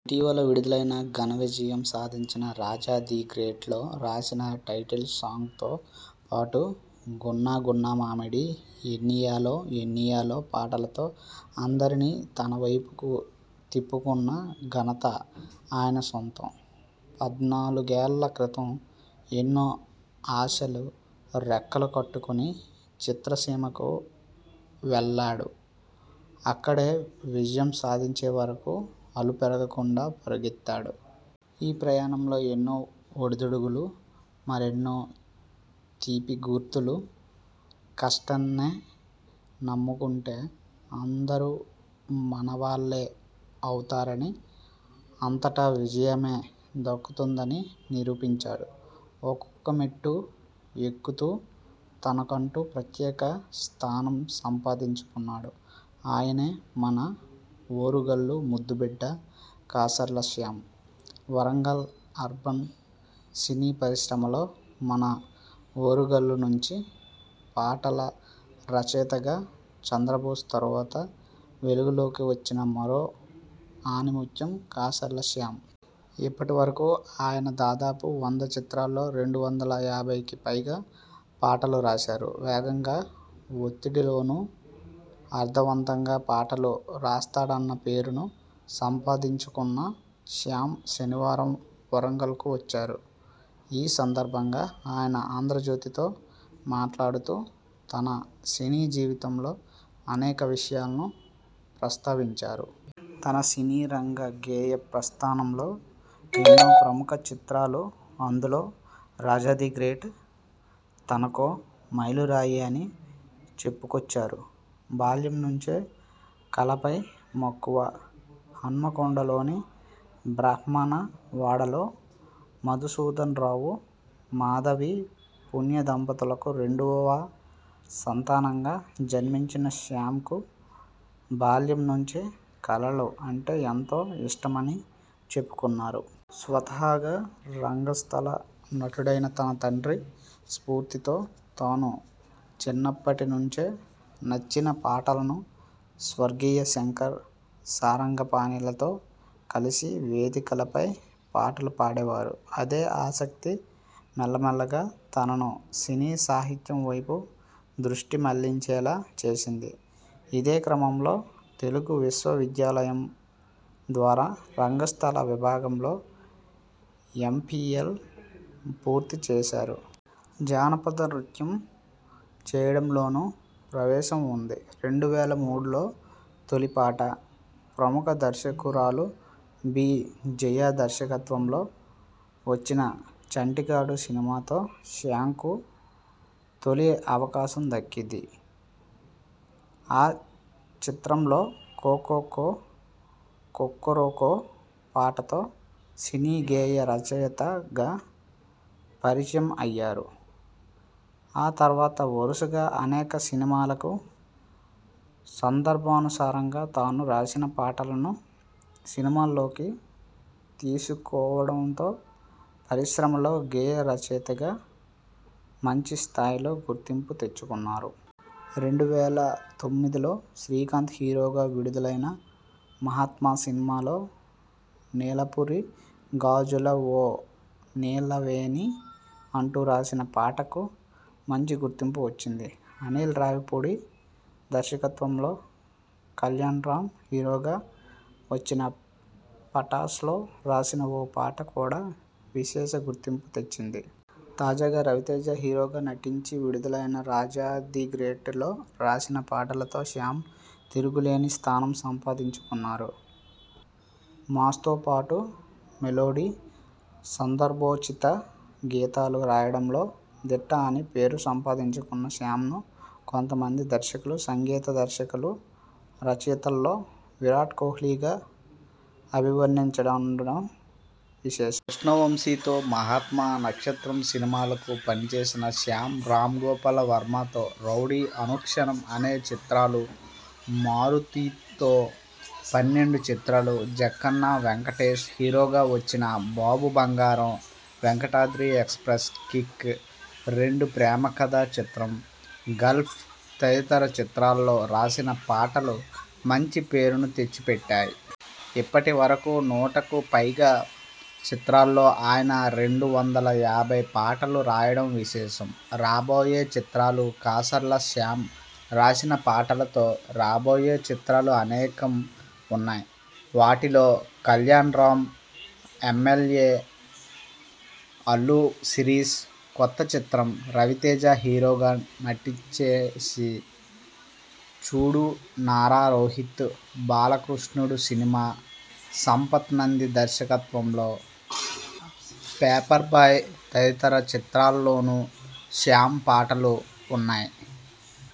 ఇటీవల విడుదలై ఘనవిజయం సాధించిన రాజా ది గ్రేట్ లో రాసిన టైటిల్ సాంగ్తో పాటు గున్నాగున్నామామిడి, ఎన్నియాలో ఎన్నియాలో పాటలతో అందరినీ తనవైపుకు తిప్పుకున్న ఘనత ఆయన సొంతం. పద్నాలుగేళ్ల క్రితం ఎన్నో ఆశలు రెక్కలు కట్టుకుని చిత్రసీమకు వెళ్లాడు. అక్కడే విజయం సాధించేవరకు అలుపెరగకుండా పరుగెత్తాడు. ఆ ప్రయాణంలో ఎన్నో ఒడిదొడుకులు. మరెన్నో తీపిగుర్తులు. కష్టాన్నే నమ్ముకుంటే అందరూ మనవాళ్లే అవుతారని, అంతటా విజయమే దక్కుతుందని నిరూపించాడు.. ఒక్కొక్క మెట్టు ఎక్కుతూ తనకంటూ ప్రత్యేక స్థానం సంపాదించుకున్నాడు. ఆయనే మన ఓరుగల్లు ముద్దుబిడ్డ కాసర్ల శ్యాం. వరంగల్ అర్బన్ సినీ పరిశ్రమలో మన ఓరుగల్లు నుంచి పాటల రచయితగా చంద్రబోస్ తరువాత వెలుగులోకి వచ్చిన మరో ఆణిముత్యం కాసర్ల శ్యాం. ఇప్పటివరకు ఆయన దాదాపు వంద చిత్రాల్లో రెండు వందల యాభైకి పైగా పాటలు రాశారు. వేగంగా, ఒత్తిడిలోనూ అర్ధవంతంగా పాటలు రాస్తాడన్న పేరును సంపాదించుకున్న శ్యాం శనివారం వరంగల్కు వచ్చారు. ఈ సందర్భంగా ఆయన ఆంధ్రజ్యోతితో మాట్లాడుతూ తన సినీ జీవితంలో అనేక విషయాలను ప్రస్థావించారు. తన సినీ రంగ గేయ ప్రస్థానంలో ఎన్నో ప్రముఖ చిత్రాలు.. అందులో రాజా ది గ్రేట్ తనకో మైలురాయి అని చెప్పుకొచ్చారు. బాల్యం నుంచే కళలపై మక్కువ.. హన్మకొండలోని బ్రాహ్మణ వాడలో మధుసూదన్ రావు, మాధవి పుణ్య దంపతులకు రెండోవ సంతానంగా జన్మించిన శ్యామ్కు బాల్యం నుంచే కళలు అంటే ఎంతో ఇష్టమని చెప్పుకున్నారు. స్వతహాగా రంగస్థల నటుడైన తన తండ్రి స్ఫూర్తితో తాను చిన్నప్పటి నుంచే నచ్చిన పాటలను స్వర్గీయ శంకర్, సారంగపాణిలతో కలిసి వేదికలపై పాటలు పాడేవారు. అదే ఆసక్తి మెల్లమెల్లగా తనను సినీ సాహిత్యం వైపు దృష్టి మళ్లించేలా చేసింది. ఇదే క్రమంలో తెలుగు విశ్వవిద్యాలయం ద్వారా రంగస్థల విభాగంలో ఎంఫిల్ పూర్తి చేశారు. జానపద నృత్యం చేయడంలోనూ ప్రవేశం ఉంది. రెండు వేల మూడులో తొలిపాట. ప్రముఖ దర్శకురాలు బి. జయ దర్శకత్వంలో వచ్చిన చంటిగాడు సినిమాతో శ్యాంకు తొలి అవకాశం దక్కిది. ఆ చిత్రంలో కోకోకో.. కొక్కొరోకో'పాటతో సినీ గేయ రచయితగా పరిచయం అయ్యారు. ఆ తర్వాత వరుసగా అనేక సినిమాలకు సందర్భానుసారంగా తాను రాసిన పాటలకు సినిమాల్లోకి తీసుకోవడంతో పరిశ్రమలో గేయ రచయితగా మంచి స్థాయిలో గుర్తింపు తెచ్చుకున్నారు. రెండు వేల తొమ్మిదిలో శ్రీకాంత్ హీరోగా విడుదలైన మహాత్మ సినిమాలో నీలపురి గాజుల ఓ నీలవేణి అంటూ రాసిన పాటకు మంచి గుర్తింపు వచ్చింది. అనిల్ రావిపూడి దర్శకత్వంలో కళ్యాణ్రామ్ హీరోగా వచ్చిన పటాస్ లో రాసిన ఓ పాట కూడా విశేష గుర్తింపు తెచ్చింది. తాజాగా రవితేజ హీరోగా నటించి విడుదలైన రాజా ది గ్రేట్ లో రాసిన పాటలతో శ్యాం తిరుగులేని స్థానం సంపాదించుకున్నారు. మాస్తోపాటు మెలోడీ, సందర్భోచిత గీతాలు రాయడంలో దిట్ట అని పేరు సంపాదించుకున్న శ్యాంను కొంతమంది దర్శకులు, సంగీత దర్శకులు రచయితల్లో విరాట్ కోహ్లీగా అభివర్ణిస్తుండడం విశేషం. కృష్ణవంశీతో మహాత్మ, నక్షత్రం సినిమాలకు పనిచేసిన శ్యామ్ రాంగోపాల్ వర్మతో రౌడీ, అనుక్షణం అనే చిత్రాలు, మారుతితో పన్నెండు చిత్రాలు, జక్కన్న, వెంకటేశ్ హీరోగా వచ్చిన బాబు బంగారం, వెంకటాద్రి ఎక్స్ప్రెస్, కిక్.రెండు, ప్రేమకథా చిత్రం, గల్ఫ్ తదితర చిత్రాల్లో రాసిన పాటలు మంచి పేరును తెచ్చిపెట్టాయి. ఇప్పటి వరకు నూటకు పైగా చిత్రాల్లో ఆయన రెండు వందల యాభై పాటలు రాయడం విశేషం. రాబోయే చిత్రాలు, కాసర్ల శ్యామ్ రాసిన పాటలతో రాబోయే చిత్రాలు అనేకం ఉన్నాయి. వాటిలో కల్యాణ్రాం, ఎమ్మెల్యే, అల్లు శిరీష్ కొత్త చిత్రం, రవితేజ హీరోగా టచ్చేసి చూడూ, నారా రోహిత్ బాలకృష్ణుడుసినిమా, సంపత్ నంది దర్శకత్వంలో పేపర్బాయ్ తదితర చిత్రాల్లోనూ శ్యామ్ పాటలు ఉన్నాయి.